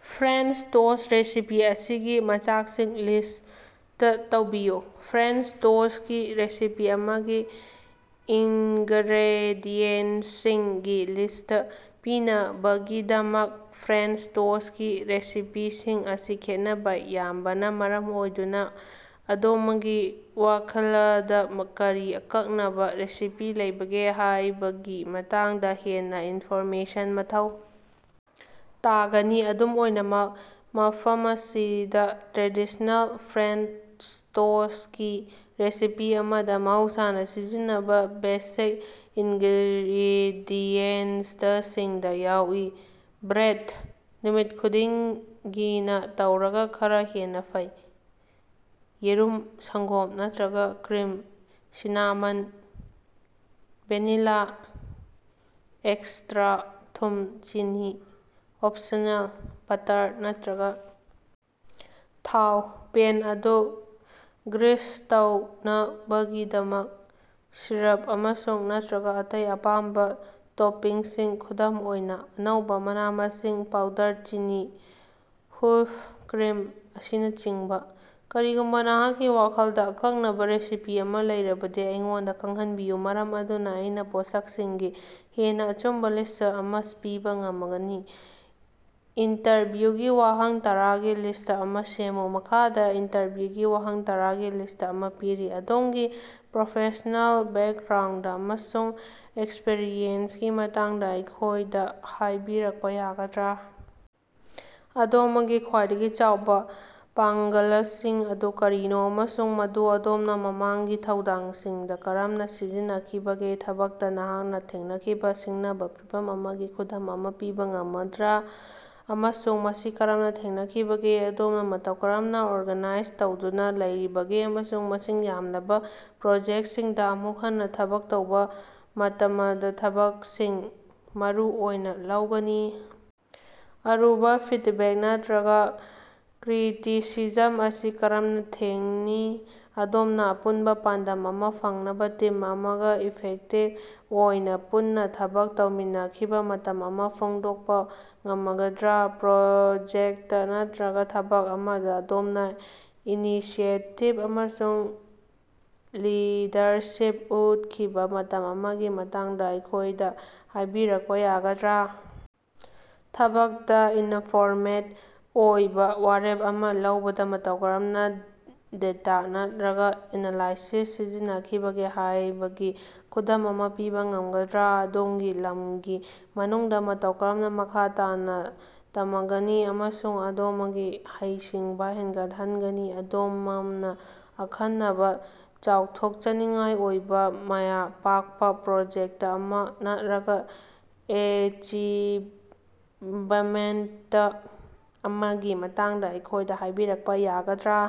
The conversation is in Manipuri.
ꯐ꯭ꯔꯦꯟꯆ ꯇꯣꯁꯇ ꯔꯦꯁꯤꯄꯤ ꯑꯁꯤꯒꯤ ꯃꯆꯥꯛꯁꯤꯡ ꯂꯤꯁꯇ ꯇꯧꯕꯤꯌꯨ꯫ ꯐ꯭ꯔꯦꯟꯆ ꯇꯣꯁꯇꯀꯤ ꯔꯦꯁꯤꯄꯤ ꯑꯃꯒꯤ ꯏꯪꯒꯔꯦꯗꯤꯌꯦꯟꯇꯁꯤꯡꯒꯤ ꯂꯤꯁꯇ ꯄꯤꯅꯕꯒꯤꯗꯃꯛ, ꯐ꯭ꯔꯦꯟꯆ ꯇꯣꯁꯇꯀꯤ ꯔꯦꯁꯤꯄꯤꯁꯤꯡ ꯑꯁꯤ ꯈꯦꯠꯅꯕ ꯌꯥꯝꯕꯅ ꯃꯔꯝ ꯑꯣꯏꯗꯨꯅ ꯑꯗꯣꯃꯒꯤ ꯋꯥꯈꯂꯗ ꯀꯔꯤ ꯑꯀꯛꯅꯕ ꯔꯦꯁꯤꯄꯤ ꯂꯩꯕꯒꯦ ꯍꯥꯌꯕꯒꯤ ꯃꯇꯥꯡꯗ ꯍꯦꯟꯅ ꯏꯟꯐꯣꯔꯃꯦꯁꯟ ꯃꯊꯧ ꯇꯥꯒꯅꯤ꯫ ꯑꯗꯨꯝ ꯑꯣꯏꯅꯃꯛ, ꯃꯐꯃꯁꯤꯗ ꯇ꯭ꯔꯦꯗꯤꯁꯅꯦꯜ ꯐ꯭ꯔꯦꯟꯆ ꯇꯣꯁꯇꯀꯤ ꯔꯦꯁꯤꯄꯤ ꯑꯃꯗ ꯃꯍꯧꯁꯥꯅ ꯁꯤꯖꯤꯟꯅꯕ ꯕꯦꯁꯤꯛ ꯏꯪꯒꯔꯦꯗꯤꯌꯦꯟꯇꯁꯤꯡꯗ ꯌꯥꯎꯏ ꯕ꯭ꯔꯦꯗ (ꯅꯨꯃꯤꯠ ꯈꯨꯗꯤꯡꯒꯤꯅ ꯇꯧꯔꯒ ꯈꯔ ꯍꯦꯟꯅ ꯐꯩ) ꯌ°ꯔꯨꯝ ꯁꯪꯒꯣꯝ ꯅꯠꯇꯔꯒ ꯀ꯭ꯔꯤꯝ ꯁꯤꯅꯥꯃꯟ ꯚꯦꯅꯤꯂ ꯑꯦꯛꯁꯇ꯭ꯔꯥ ꯊꯨꯝ ꯆꯤꯅꯤ (ꯑꯣꯞꯁꯅꯦꯜ) ꯕꯇꯔ ꯅꯠꯇꯔꯒ ꯊꯥꯎ ( ꯄꯦꯟ ꯑꯗꯨ ꯒ꯭ꯔꯤꯁ ꯇꯧꯅꯕꯒꯤꯗꯃꯛ) ꯁꯤꯔꯞ ꯑꯃꯁꯨꯡ/ꯅꯠꯇꯔꯒ ꯑꯇꯩ ꯑꯄꯥꯝꯕ ꯇꯣꯄꯤꯡꯁꯤꯡ (ꯈꯨꯗꯝ ꯑꯣꯏꯅ, ꯑꯅꯧꯕ ꯃꯅꯥ-ꯃꯁꯤꯡ, ꯄꯥꯎꯗꯔ ꯆꯤꯅꯤ, ꯍꯨꯏꯞ ꯀ꯭ꯔꯤꯝ, ꯑꯁꯤꯅꯆꯤꯡꯕ) ꯀꯔꯤꯒꯨꯝꯕ ꯅꯍꯥꯛꯀꯤ ꯋꯥꯈꯜꯗ ꯑꯀꯛꯅꯕ ꯔꯦꯁꯤꯄꯤ ꯑꯃ ꯂꯩꯔꯕꯗꯤ ꯑꯩꯉꯣꯟꯗ ꯈꯪꯍꯟꯕꯤꯌꯨ ꯃꯔꯝ ꯑꯗꯨꯅ ꯑꯩꯅ ꯄꯣꯠꯁꯛꯁꯤꯡꯒꯤ ꯍꯦꯟꯅ ꯑꯆꯨꯝꯕ ꯂꯤꯁ꯭ꯠ ꯑꯃ ꯄꯤꯕ ꯉꯃꯒꯅꯤ꯫ ꯏꯟꯇꯔꯚ꯭ꯌꯨꯒꯤ ꯋꯥꯍꯪ ꯇꯔꯥꯒꯤ ꯂꯤꯁꯇ ꯑꯃ ꯁꯦꯝꯃꯨ꯫ ꯃꯈꯥꯗ ꯏꯟꯇꯔꯚ꯭ꯌꯨꯒꯤ ꯋꯥꯍꯪ ꯇꯔꯥꯒꯤ ꯂꯤꯁꯇ ꯑꯃ ꯄꯤꯔꯤ: ꯑꯗꯣꯝꯒꯤ ꯄ꯭ꯔꯣꯐꯦꯁ꯭ꯅꯦꯜ ꯕꯦꯛꯒ꯭ꯔꯥꯎꯟꯗ ꯑꯃꯁꯨꯡ ꯑꯦꯛꯁꯄꯔꯤꯌꯦꯟꯁꯀꯤ ꯃꯇꯥꯡꯗ ꯑꯩꯈꯣꯏꯗ ꯍꯥꯌꯕꯤꯔꯛꯄ ꯌꯥꯒꯗ꯭ꯔ? ꯑꯗꯣꯃꯒꯤ ꯈ꯭ꯋꯥꯏꯗꯒꯤ ꯆꯥꯎꯕ ꯄꯥꯡꯒꯂꯁꯤꯡ ꯑꯗꯨ ꯀꯔꯤꯅꯣ ꯑꯃꯁꯨꯡ ꯃꯗꯨ ꯑꯗꯣꯝꯅ ꯃꯃꯥꯡꯒꯤ ꯊꯧꯗꯥꯡꯁꯤꯡꯗ ꯀꯔꯝꯅ ꯁꯤꯖꯤꯟꯅꯈꯤꯕꯒꯦ? ꯊꯕꯛꯇ ꯅꯍꯥꯛꯅ ꯊꯦꯡꯅꯈꯤꯕ ꯁꯤꯡꯅꯕ ꯐꯤꯚꯝ ꯑꯃꯒꯤ ꯈꯨꯗꯝ ꯑꯃ ꯄꯤꯕ ꯉꯃꯒꯗꯔ ꯑꯃꯁꯨꯡ ꯃꯁꯤ ꯀꯔꯝꯅ ꯊꯦꯡꯅꯈꯤꯕꯒꯦ? ꯑꯗꯣꯝꯅ ꯃꯇꯧ ꯀꯔꯝꯅ ꯑꯣꯔꯒꯅꯥꯏꯖ ꯇꯧꯗꯨꯅ ꯂꯩꯔꯤꯕꯒꯦ ꯑꯃꯁꯨꯡ ꯃꯁꯤꯡ ꯌꯥꯝꯂꯕ ꯄ꯭ꯔꯣꯖꯦꯛꯁꯤꯡꯗ ꯑꯃꯨꯛ ꯍꯟꯅ ꯊꯕꯛ ꯇꯧꯕ ꯃꯇꯃꯗ ꯊꯕꯛꯁꯤꯡ ꯃꯔꯨ ꯑꯣꯏꯅ ꯂꯧꯒꯅꯤ? ꯑꯔꯨꯕ ꯐꯤꯗꯕꯦꯛ ꯅꯠꯔꯒ ꯀ꯭ꯔꯤꯇꯤꯁꯤꯖꯝ ꯑꯁꯤ ꯀꯔꯝꯅ ꯊꯦꯡꯅꯤ? ꯑꯗꯣꯝꯅ ꯑꯄꯨꯟꯕ ꯄꯥꯟꯗꯝ ꯑꯃ ꯐꯪꯅꯕ ꯇꯤꯝ ꯑꯃꯒ ꯏꯐꯦꯛꯇꯤꯕ ꯑꯣꯏꯅ ꯄꯨꯟꯅ ꯊꯕꯛ ꯇꯧꯃꯤꯟꯅꯈꯤꯕ ꯃꯇꯝ ꯑꯃ ꯐꯣꯡꯗꯣꯛꯄ ꯉꯃꯒꯗꯔ? ꯄ꯭ꯔꯣꯖꯦꯛꯇ ꯅꯠꯔꯒ ꯊꯕꯛ ꯑꯃꯗ ꯑꯗꯣꯝꯅ ꯏꯅꯤꯁꯤꯌꯦꯇꯤꯕ ꯑꯃꯁꯨꯡ ꯂꯤꯗꯔꯁꯤꯞ ꯎꯠꯈꯤꯕ ꯃꯇꯝ ꯑꯃꯒꯤ ꯃꯇꯥꯡꯗ ꯑꯩꯈꯣꯌꯗ ꯍꯥꯌꯕꯤꯔꯀꯄ ꯌꯥꯒꯗ꯭ꯔ? ꯊꯕꯛꯇ ꯏꯅꯐꯣꯔꯃꯦꯗ ꯑꯣꯏꯕ ꯋꯥꯔꯦꯞ ꯑꯃ ꯂꯧꯕꯗ ꯃꯇꯧ ꯀꯔꯝꯅ ꯗꯦꯇ ꯅꯠꯔꯒ ꯑꯦꯅꯂꯥꯏꯁꯤꯁ ꯁꯤꯖꯤꯟꯅꯈꯤꯕꯒꯦ ꯍꯥꯌꯕꯒꯤ ꯈꯨꯗꯝ ꯑꯃ ꯄꯤꯕ ꯉꯝꯒꯗ꯭ꯔ? ꯑꯗꯣꯝꯒꯤ ꯂꯝꯒꯤ ꯃꯅꯨꯡꯗ ꯃꯇꯧ ꯀꯔꯝꯅ ꯃꯈꯥ ꯇꯥꯅ ꯇꯃꯒꯅꯤ ꯑꯃꯁꯨꯡ ꯑꯗꯣꯃꯒꯤ ꯍꯩꯁꯤꯡꯕ ꯍꯦꯟꯒꯠꯍꯟꯒꯅꯤ? ꯑꯗꯣꯃꯝꯅ ꯑꯈꯟꯅꯅ ꯆꯥꯎꯊꯣꯛꯆꯅꯤꯡꯉꯥꯏ ꯑꯣꯏꯕ ꯃꯥꯌ ꯄꯥꯛꯄ ꯄ꯭ꯔꯣꯖꯦꯛꯇ ꯑꯃ ꯅꯠꯔꯒ ꯑꯦꯆꯤꯕꯃꯦꯟꯇ ꯑꯃꯒꯤ ꯃꯇꯥꯡꯗ ꯑꯩꯈꯣꯏꯗ ꯍꯥꯏꯕꯤꯔꯛꯄ ꯌꯥꯒꯗ꯭ꯔ?